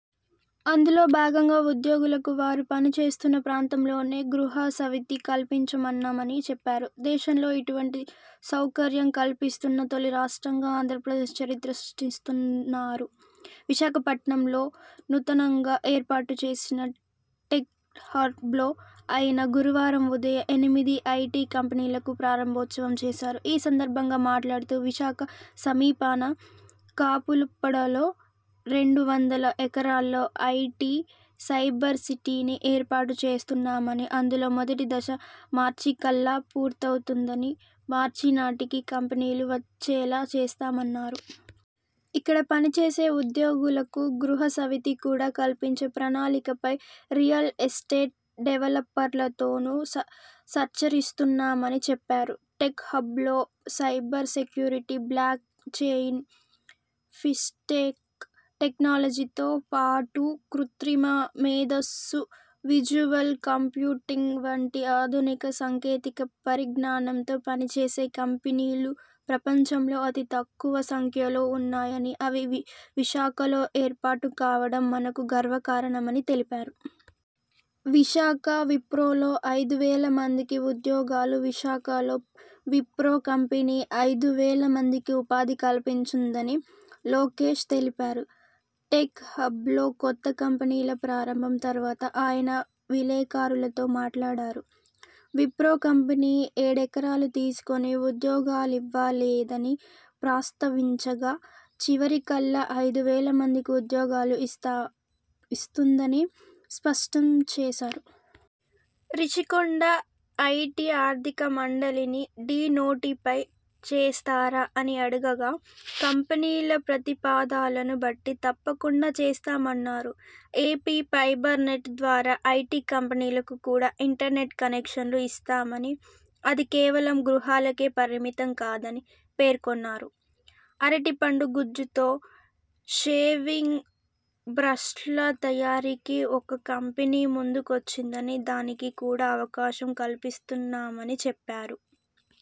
అందులో భాగంగా ఉద్యోగులకు వారు పనిచేస్తున్న ప్రాంతంలోనే గృహ సవితి కల్పించమన్నామని చెప్పారు. దేశంలో ఇటువంటి సౌకర్యం కల్పిస్తున్న తొలి రాష్ట్రంగా ఆంధ్రప్రదేశ్ చరిత్ర సృష్టిస్తున్నారు. విశాఖపట్నంలో నూతనంగా ఏర్పాటుచేసిన టెక్ హబ్లో ఆయన గురువారం ఉదయం ఎనిమిది ఐటీ కంపెనీలకు ప్రారంభోత్సవం చేశారు. ఈ సందర్భంగా మాట్లాడుతూ విశాఖ సమీపాన కాపులుప్పాడలో రెండు వందల ఎకరాల్లో ఐటీ సైబర్ సిటీని ఏర్పాటుచేస్తున్నామని, అందులో మొదటి దశ మార్చికల్లా పూర్తవుతుందని, మార్చినాటికి కంపెనీలు వచ్చేలా చేస్తామన్నారు. అక్కడ పనిచేసే ఉద్యోగులకు గృహ సవితి కూడా కల్పించే ప్రణాళికపై రియల్ ఎస్టేట్ డెవలపర్లతోనూ చర్చిస్తున్నామని చెప్పారు. టెక్ హబ్లో cyber security, blockchain, fintech టెక్నాలజీతో పాటు కృత్రిమ మేధస్సు, విజువల్ కంప్యూటింగ్ వంటి ఆధునిక సాంకేతిక పరిజ్ఞానంతో పనిచేసే కంపెనీలు ప్రపంచంలో అతి తక్కువ సంఖ్యలో ఉన్నాయని, అవి విశాఖలో ఏర్పాటుకావడం మనకు గర్వకారణమని తెలిపారు. విశాఖ విప్రోలో ఐదు వేల మందికి ఉద్యోగాలువిశాఖలో విప్రో కంపెనీ ఐదు వేల మందికి ఉపాధి కల్పించనుందని లోకేశ్ తెలిపారు. టెక్ హబ్లో కొత్త కంపెనీల ప్రారంభం తరువాత ఆయన విలేకరులతో మాట్లాడారు. విప్రో కంపెనీ ఏడెకరాలు తీసుకుని ఉద్యోగాలివ్వలేదని ప్రస్తావించగా.. చివరికల్లా ఐదు వేల మందికి ఉద్యోగాలు ఇస్తా ఇస్తుందని స్పష్టంచేశారు. రుషికొండ ఐటీ ఆర్థిక మండలిని డీ నోటిఫై చేస్తారా అని అడుగగా.. కంపెనీల ప్రతిపాదలను బట్టి తప్పకుండా చేస్తామన్నారు. ఏపీ ఫైబర్ నెట్ ద్వారా ఐటీ కంపెనీలకు కూడా ఇంటర్నెట్ కనెక్షన్లు ఇస్తామని, అది కేవలం గృహాలకే పరిమితం కాదని పేర్కొన్నారు. అరటి పండు గుజ్జుతో షేవింగ్ బ్రష్ల తయారీకి ఒక కంపెనీ ముందుకొచ్చిందని, దానికి కూడా అవకాశం కల్పిస్తున్నామని చెప్పారు.